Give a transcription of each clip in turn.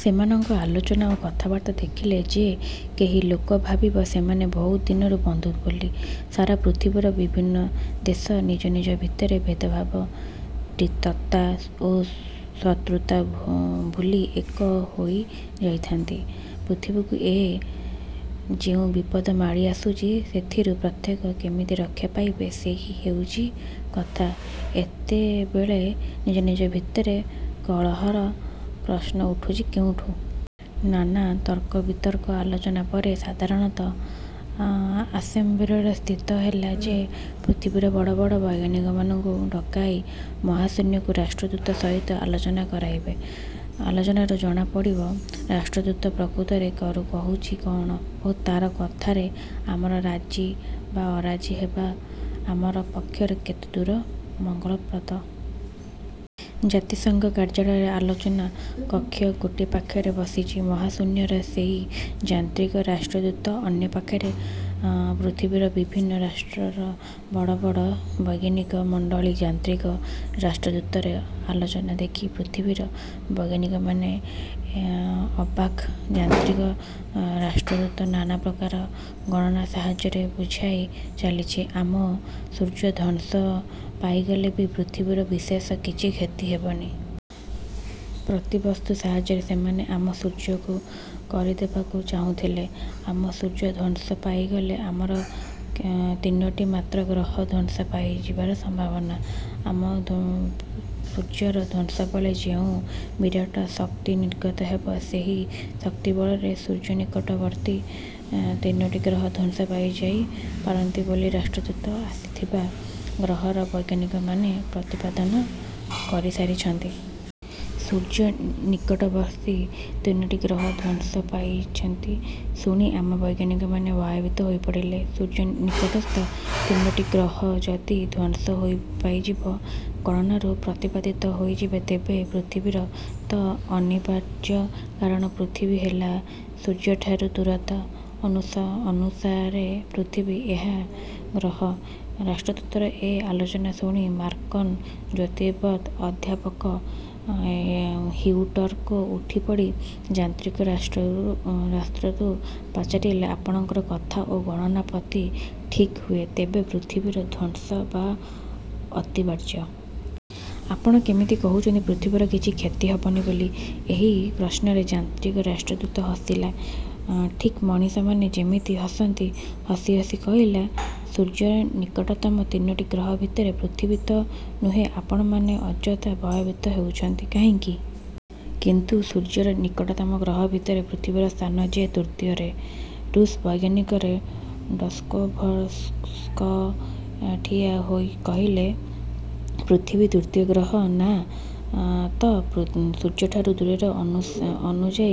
ସେମାନଙ୍କ ଆଲୋଚନା ଓ କଥାବାର୍ତ୍ତା ଦେଖିଲେ ଯେ କେହି ଲୋକ ଭାବିବ, ସେମାନେ ବହୁ ଦିନର ବନ୍ଧୁ ବୋଲି। ସାରା ପୃଥିବୀର ବିଭିନ୍ନ ଦେଶ ନିଜ ନିଜ ଭିତରେ ଭେଦଭାବ ତିକ୍ତତା ଓ ଶତ୍ରୁତା ଭୁଲି ଏକ ହୋଇ ଯାଇଥାନ୍ତି। ପୃଥିବୀକୁ ଏ ଯେଉଁ ବିପଦ ମାଡ଼ି ଆସୁଚି ସେଥିରୁ ପ୍ରତ୍ୟେକ କେମିତି ରକ୍ଷା ପାଇବେ ସେଇ ହେଉଛି କଥା ଏତେବେଳେ ନିଜ ନିଜ ଭିତରେ କଳହର ପ୍ରଶ୍ନ ଉଠୁଛି କେଉଁଠି? ନାନା ତର୍କବିତର୍କ ଆଲୋଚନା ପରେ ସାଧାରଣ ଆସେମ୍ବ୍ଲିରେ ସ୍ଥିର ହେଲା ଯେ ପୃଥିବୀର ବଡ଼ ବଡ଼ ବୈଜ୍ଞାନିକମାନଙ୍କୁ ଡକାଇ ମହାଶୂନ୍ୟର ରାଷ୍ଟ୍ରଦୂତ ସହିତ ଆଲୋଚନା କରାଇବେ। ଆଲୋଚନାରୁ ଜଣା ପଡ଼ିବ ରାଷ୍ଟ୍ରଦୂତ ପ୍ରକୃତରେ କହୁଛି କ'ଣ ଓ ତା କଥାରେ ଆମର ରାଜି ବା ଅରାଜି ହେବା ଆମ ପକ୍ଷରେ କେତେ ଦୂର ମଙ୍ଗଳପ୍ରଦ। ଜାତିସଙ୍ଘ କାର୍ଯ୍ୟାଳୟର ଆଲୋଚନା କକ୍ଷ। ଗୋଟିଏ ପାଖରେ ବସିଛି ମହାଶୂନ୍ୟର ସେହି ଯାନ୍ତ୍ରିକ ରାଷ୍ଟ୍ରଦୂତ ଅନ୍ୟ ପାଖରେ ପୃଥିବୀର ବିଭିନ୍ନ ରାଷ୍ଟ୍ରର ବଡ଼ ବଡ଼। ବୈଜ୍ଞାନିକ ମଣ୍ଡଳୀ ଯାନ୍ତ୍ରିକ ରାଷ୍ଟ୍ରଦୂତର ଆଲୋଚନା ଦେଖି ପୃଥିବୀର ବୈଜ୍ଞାନିକମାନେ ଅବାକ୍ ଯାନ୍ତ୍ରିକ ରାଷ୍ଟ୍ରଦୂତ ନାନାପ୍ରକାର ଗଣନା ସାହାଯ୍ୟରେ ବୁଝାଇ ଚାଲିଛି ଆମ ସୂର୍ଯ୍ୟ ଧ୍ୱଂସ ପାଇଗଲେ ବି ପୃଥିବୀର ବିଶେଷ କିଛି କ୍ଷତି ହେବନି। ପ୍ରତିବସ୍ତୁ ସାହାଯ୍ୟରେ ସେମାନେ ଆମ ସୂର୍ଯ୍ୟକୁ କରିଦେବାକୁ ଚାହୁଁଛନ୍ତି। ଆମ ସୂର୍ଯ୍ୟ ଧ୍ୱଂସ ପାଇଗଲେ ଆମର ତିନୋଟି ମାତ୍ର ଗ୍ରହ ଧ୍ୱଂସ ପାଇଯିବାର ସମ୍ଭାବନା। ଆମ ସୂର୍ଯ୍ୟର ଧ୍ୱଂସବେଳେ ଯେଉଁ ବିରାଟ ଶକ୍ତିନିର୍ଗତ ହେବ ସେହି ଶକ୍ତିବଳରେ ସୂର୍ଯ୍ୟନିକଟବର୍ତ୍ତୀ ତିନୋଟି ଗ୍ରହ ଧ୍ୱଂସ ପାଇଯାଇ ପାରନ୍ତି ବୋଲି ରାଷ୍ଟ୍ରଦୂତ ଆସିଥିବା ଗ୍ରହର ବୈଜ୍ଞାନିକମାନେ ପ୍ରତିପାଦନ କରିସାରିଛନ୍ତି। ସୂର୍ଯ୍ୟ ନିକଟବର୍ତ୍ତୀ ତିନୋଟି ଗ୍ରହ ଧ୍ୱଂସ ପାଇଯିବା ଶୁଣି ଆମ ବୈଜ୍ଞାନିକମାନେ ଭୟଭୀତ ହୋଇପଡ଼ିଲେ। ସୂର୍ଯ୍ୟନିକଟବର୍ତ୍ତୀ ତିନୋଟି ଗ୍ରହ ଯଦି ଧ୍ୱଂସ ପାଇଯିବା ଗଣନାରୁ ପ୍ରତିପାଦିତ ହୋଇଥାଏ ତେବେ ପୃଥିବୀର ତ ଅନିବାର୍ଯ୍ୟ କାରଣ ପୃଥିବୀ ହେଲା ସୂର୍ଯ୍ୟଠାରୁ ଦୂରତା ଅନୁସାରେ ତୃତୀୟ ଗ୍ରହ। ରାଷ୍ଟ୍ରଦୂତର ଏ ଆଲୋଚନା ଶୁଣି ମାର୍କିନ୍ ଜ୍ୟୋତିର୍ବିଦ ଅଧ୍ୟାପକ ହିଉଟର ଉଠିପଡ଼ି ଯାନ୍ତ୍ରିକ ରାଷ୍ଟ୍ରଦୂତକୁ ପଚାରିଲେ, ଆପଣଙ୍କ କଥା ଓ ଗଣନା ଯଦି ଠିକ୍ ହୁଏ ତେବେ ପୃଥିବୀର ଧ୍ୱଂସ ବା ଅତିବାର୍ଯ୍ୟ। ଆପଣ କେମିତି କହୁଛନ୍ତି ପୃଥିବୀର କିଛି କ୍ଷତି ହେବନି ବୋଲି। ଏହି ପ୍ରଶ୍ନରେ ଯାନ୍ତ୍ରିକ ରାଷ୍ଟ୍ରଦୂତ ହସିଲା ଠିକ୍ ମଣିଷମାନେ ଯେମିତି ହସନ୍ତି। ହସି ହସି କହିଲା ସୂର୍ଯ୍ୟର ନିକଟତମ ତିନୋଟି ଗ୍ରହ ଭିତରୁ ପୃଥିବୀ ତ ନୁହେଁ ଆପଣମାନେ ଅଯଥା ଭୟଭୀତ ହେଉଛନ୍ତି କାହିଁକି? କିନ୍ତୁ ସୂର୍ଯ୍ୟର ନିକଟତମ ଗ୍ରହ ଭିତରେ ପୃଥିବୀର ସ୍ଥାନ ଯେ ତୃତୀୟରେ। ରୁଷ୍ ବୈଜ୍ଞାନିକରେ ଡଷ୍କୋଭସ୍କ ଠିଆ ହୋଇ କହିଲେ। ପୃଥିବୀ ତୃତୀୟ ଗ୍ରହ? ନାଁ ତ ସୂର୍ଯ୍ୟଠାରୁ ଦୂରତ୍ୱ ଅନୁଯାୟୀ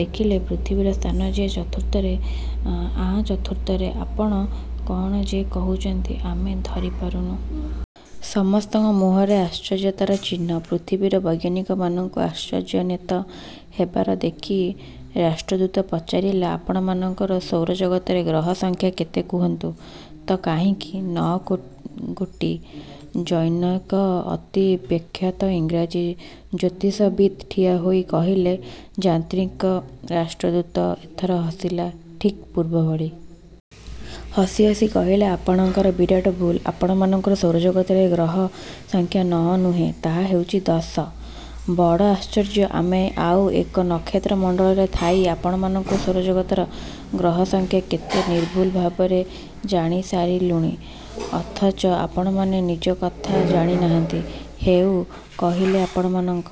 ଦେଖିଲେ ପୃଥିବୀର ସ୍ଥାନ ଯେ ଚତୁର୍ଥରେ। ଆଁ ଚତୁର୍ଥରେ? ଆପଣ କ'ଣ ଯେ କହୁଛନ୍ତି ଆମେ ଧରିପାରୁନୁ। ସମସ୍ତଙ୍କ ମୁହଁରେ ଆଶ୍ଚର୍ଯ୍ୟତାର ଚିହ୍ନ। ପୃଥିବୀର ବୈଜ୍ଞାନିକମାନଙ୍କୁ ଆଶ୍ଚର୍ଯ୍ୟାନ୍ୱିତ ହେବାର ଦେଖି ରାଷ୍ଟ୍ରଦୂତ ପଚାରିଲା ଆପଣମାନଙ୍କ ସୌରଜଗତରେ ଗ୍ରହ ସଂଖ୍ୟା କେତେ କୁହନ୍ତୁ ତ କାହିଁକି? ନଅ ଗୋଟି। ଜନୈକ ଅତି ବେଖ୍ୟାତ ଇଂରେଜ ଜ୍ୟୋତିର୍ବିତ୍ ଠିଆହୋଇ କହିଲେ। ଯାନ୍ତ୍ରିକ ରାଷ୍ଟ୍ରଦୂତ ଏଥର ହସିଲା, ଠିକ୍ ପୂର୍ବଭଳି। ହସି ହସି କହିଲା ଆପଣମାନଙ୍କର ବିରାଟ ଭୁଲ୍। ଆପଣମାନଙ୍କ ସୌରଜଗତରେ ଗ୍ରହ ସଂଖ୍ୟା ନଅ ନୁହେଁ ତାହା ହେଉଛି ଦଶ। ବଡ଼ ଆଶ୍ଚର୍ଯ୍ୟ ଆମେ ଆଉ ଏକ ନକ୍ଷତ୍ର ମଣ୍ଡଳରେ ଥାଇ ଆପଣମାନଙ୍କ ସୌରଜଗତର ଗ୍ରହ ସଂଖ୍ୟା କେତେ ନିର୍ଭୁଲ ଭାବରେ ଜାଣିସାରିଲୁଣି ଅଥଚ ଆପଣମାନେ ନିଜ କଥା ଜାଣି ନାହାନ୍ତି। ହେଉ କହିଲେଆପଣମାନଙ୍କ